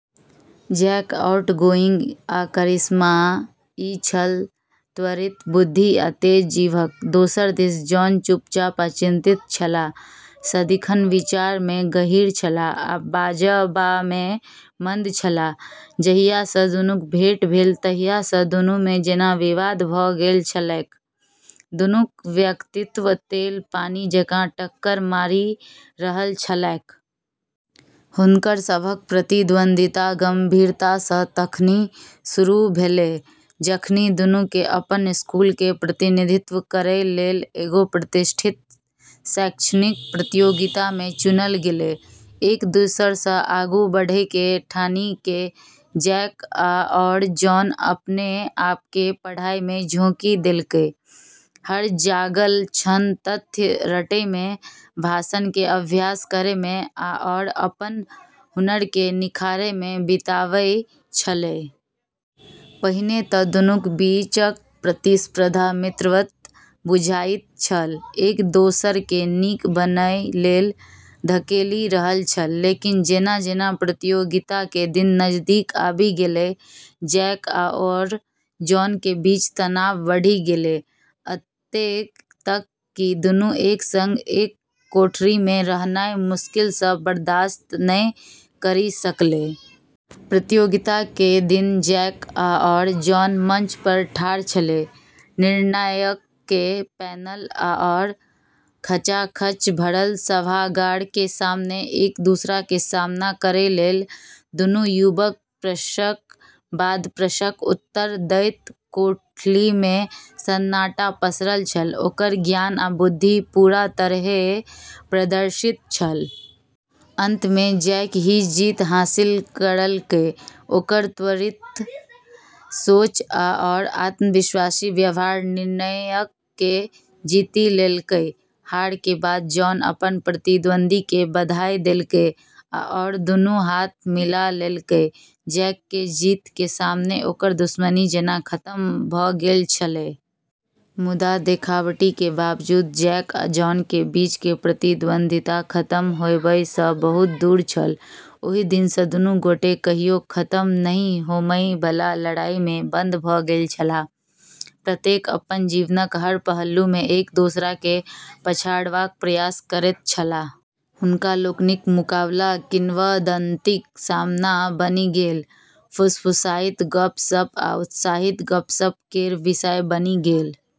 Jack outgoing आ करिश्माई छल, त्वरित बुद्धि आ तेज जीभक। दोसर दिस जॉन चुपचाप आ चिंतित छलाह, सदिखन विचारमे गहीँर छलाह आ बाजबामे मंद छलाह । जहियासँ दुनूक भेँट भेल तहियासँ दुनूमे जेना विवाद भ' गेल छलैक, दुनूक व्यक्तित्व तेल-पानि जकाँ टक्कर मारि रहल छलैक। हुनकर सबहक प्रतिद्वंद्विता गंभीरतासँ तखनि शुरू भेलै जखनि दुन्नुके अपन स्कूलके प्रतिनिधित्व करै लेल एगो प्रतिष्ठित शैक्षणिक प्रतियोगितामे चुनल गेलै। एक-दोसरसँ आगू बढ़ैके ठानिके जैक आओर जॉन अपने आपके पढ़ाइमे झोंकि देलकै, हर जागल क्षण तथ्य रटैमे, भाषणके अभ्यास करैमे आओर अपन हुनरके निखारैमे बिताबै छलै। पहिने त' दुन्नूक बीचक प्रतिस्पर्धा मित्रवत बुझाइत छल, एक-दोसरकेँ नीक बनय लेल धकेलि रहल छल। लेकिन जेना-जेना प्रतियोगिताके दिन नजदीक आबि गेलै, जैक आओर जॉनके बीच तनाव बढ़ि गेलै, अतेक तक कि दुन्नू एक सङ्ग एक कोठरीमे रहनाइ मुश्किलसँ बर्दाश्त नै करि सकलै। प्रतियोगिताके दिन जैक आओर जॉन मंच पर ठार छलै, निर्णायकके पैनल आओर खचाखच भरल सभागारके सामने एक-दूसराके सामना करै लेल । दुन्नू युवक प्रश्नक बाद प्रश्नक उत्तर दैत कोठलीमे सन्नाटा पसरल छल, ओकर ज्ञान आ बुद्धि पूरा तरहेँ प्रदर्शित छल। अंतमे जैक ही जीत हासिल करलकै, ओकर त्वरित सोच आओर आत्मविश्वासी व्यवहार निर्णायकके जीति लेलकै। हारके बाद जॉन अपन प्रतिद्वंदीके बधाई देलकै आओर दुन्नू हाथ मिला लेलकै, जैकके जीतके सामने ओकर दुश्मनी जेना खतम भ' गेल छलै। मुदा देखाबटीके बावजूद जैक आ जॉनके बीचके प्रतिद्वंद्विता खत्म होबयसँ बहुत दूर छल । ओहि दिनसँ दुन्नू गोटे कहियो खत्म नहि होमय बला लड़ाईमे बंद भ' गेल छलाह, प्रत्येक अपन जीवनक हर पहलूमे एक दोसराकेँ पछाड़बाक प्रयास करैत छलाह । हुनका लोकनिक मुकाबला किंवदंतीक सामान बनि गेल, फुसफुसाइत गप्प-सप्प आ उत्साहित गपशप केर विषय बनि गेल।